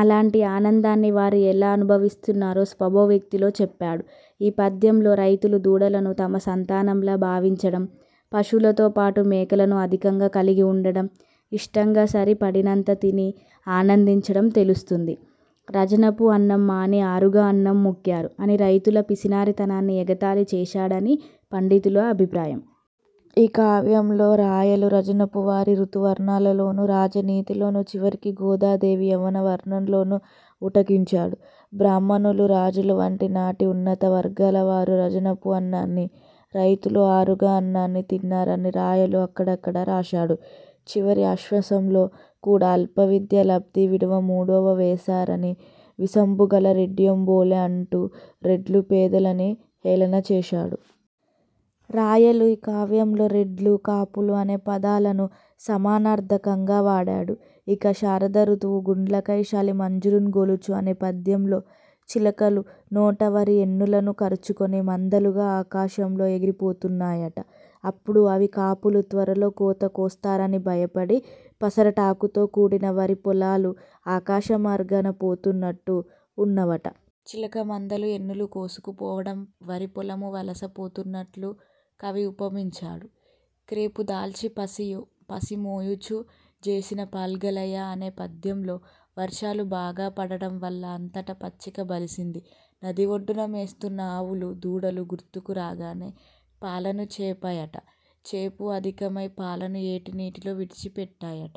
అలాంటి ఆనందాన్ని వారు ఎలా అనుభవిస్తున్నారో స్వభావోక్తిలో చెప్పాడు. ఈ పద్యంలో రైతులు దూడలను తమ సంతానంలా భావించడం, పశువులతో పాటు మేకలను అధికంగా కలిగి ఉండడం, ఇష్టంగా సరి పడినంత తిని ఆనందించడం తెలుస్తోంది. రాజనపు అన్నం మాని ఆరుగ అన్నం మెక్కారు అని రైతుల పిసినారితనాన్ని ఎగతాళి చేశాడని పండితుల అభిప్రాయం. ఈ కావ్యంలో రాయలు రాజనపు వరిని ఋతు వర్ణనలోను, రాజనీతిలోను, చివరికి గోదాదేవి యౌవనవర్ణనలోనూ ఉటంకించాడు. బ్రాహ్మ ణులు, రాజులు వంటి నాటి ఉన్నతవర్గాలవారు రాజనపు అన్నాన్ని, రైతులు ఆరుగ అన్నాన్ని తిన్నారని రాయలు అక్కడక్కడ రాశాడు. చివరిఅశ్వాసంలో కూడా ''అల్ప విద్యా లబ్ధి విడువ, ముడువ వేసారని వీసంబుగల రెడ్డియుంబోలె'' అంటూ రెడ్లు పేదలని హేళనచేశాడు. రాయలు ఈ కావ్యంలో రెడ్లు, కాపులు అనే పదాలను సమానార్థకంగా వాడాడు. ఇక శరదృతువు-- ''గూండ్లకై శాలి మంజరుల్గొనుచు'' అనే పద్యంలో చిలకలు నోట వరి ఎన్నులను కరచుకొని మందలుగా ఆకాశంలో ఎగిరిపోతున్నాయట. అప్పుడు అవి కాపులు త్వరలో కోత కోస్తారని భయపడి పసరుటాకుతో కూడిన వరి పొలాలు ఆకాశమార్గాన పోతున్నట్టు ఉన్నవట. చిలక మందలు ఎన్నులుకోసుకుపోవడం వరిపొలము వలసపోతున్నట్లు కవి ఉపమించాడు. ''క్రేపుదలచి పసి మేయుచు జేసిన పాల్గలయ'', అనే పద్యంలో వర్షాలు బాగా పడడంవల్ల అంతటా పచ్చిక బలిసింది. నదిఒడ్డున మేస్తున్న ఆవులు దూడలు గుర్తుకు రాగానే పాలను చేపా యట. చేపు అధికమై పాలను ఏటి నీటిలో విడిచి పెట్టాయట.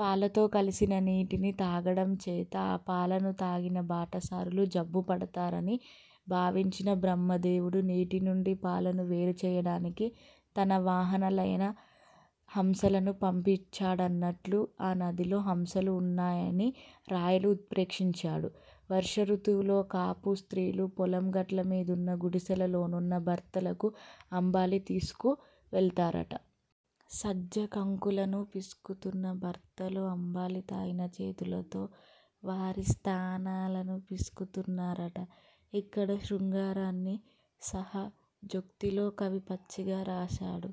పాలతో కలసిన నీటిని తాగడం చేత ఆ పాలను తాగిన బాటసారులు జబ్బు పడతారని భావించిన బ్రహ్మదేవుడు నీటినుండి పాలను వేరుచేయడానికి తన వాహనా లయిన హంసలను పంపించాడన్నట్లు ఆ నదిలో హంసలు ఉన్నాయని రాయలు ఉత్ర్పేక్షించాడు. వర్ష ఋతువులో కాపు స్త్రీలు పొలం గట్ల మీదనున్న గుడిసెల లోనున్న భర్తలకు అంబలి తీసుకు వెళతారట. సజ్జ కంకులను పిసుకుతున్న భర్తలు అంబలి తాగిన చేతులతో వారి స్తనాలను పిసుకుతున్నారట. ఇక్కడ శృంగారాన్ని సహజోక్తిలో కవి పచ్చిగా రాశాడు.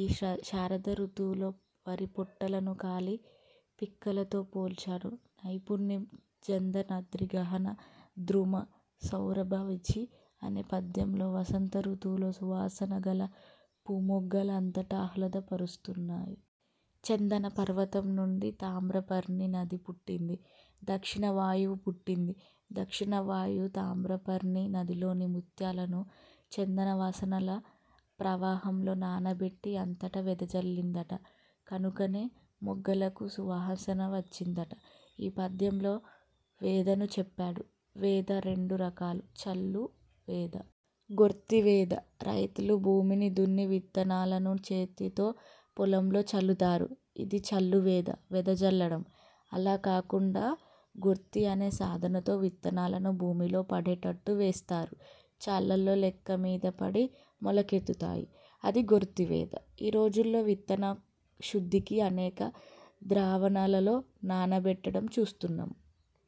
ఈ శారదృతువులో వరిపొట్టలను కాలి పిక్కలతో పోల్చాడు. నైపుణ్యం జందనాద్రి గహన ద్రుమ సౌరభవీచి '' అనే పద్యంలో వసంత ఋతువులో సువాసన గల పూమొగ్గలు అంతటా ఆహ్లాద పరుస్తున్నాయి. చందన పర్వతం నుండి తామ్రపర్ణీ నది పుట్టింది. దక్షిణ వాయువూ పుట్టింది. దక్షిణ వాయువు తామ్రపర్ణీ నదిలోని ముత్యాలను చందన వాసనల ప్రవాహంలో నానబెట్టి అంతటా వెదజల్లిందట. కనుకనే మొగ్గలకు సువాసన వచ్చిందట. ఈ పద్యంలో వెదను చెప్పాడు. వెద రెండు రకాలు. చల్లు వెద. గొర్తి వెద. రైతులు భూమిని దున్ని విత్తనాలను చేతితో పొలంలో చల్లుతారు. ఇది చల్లు వెద. వెదజల్లడం. అలా కాకుండా గొర్తి అనే సాధనంతో విత్తనాలను భూమిలో పడేటట్టు వేస్తారు. చాళ్లలో లెక్క మీద పడి, మొలకెత్తుతాయి. అది గొర్తివెద. ఈ రోజుల్లో విత్తనశుద్ధికి అనేక ద్రావణాలలో నానబెట్టడం చూస్తున్నాం.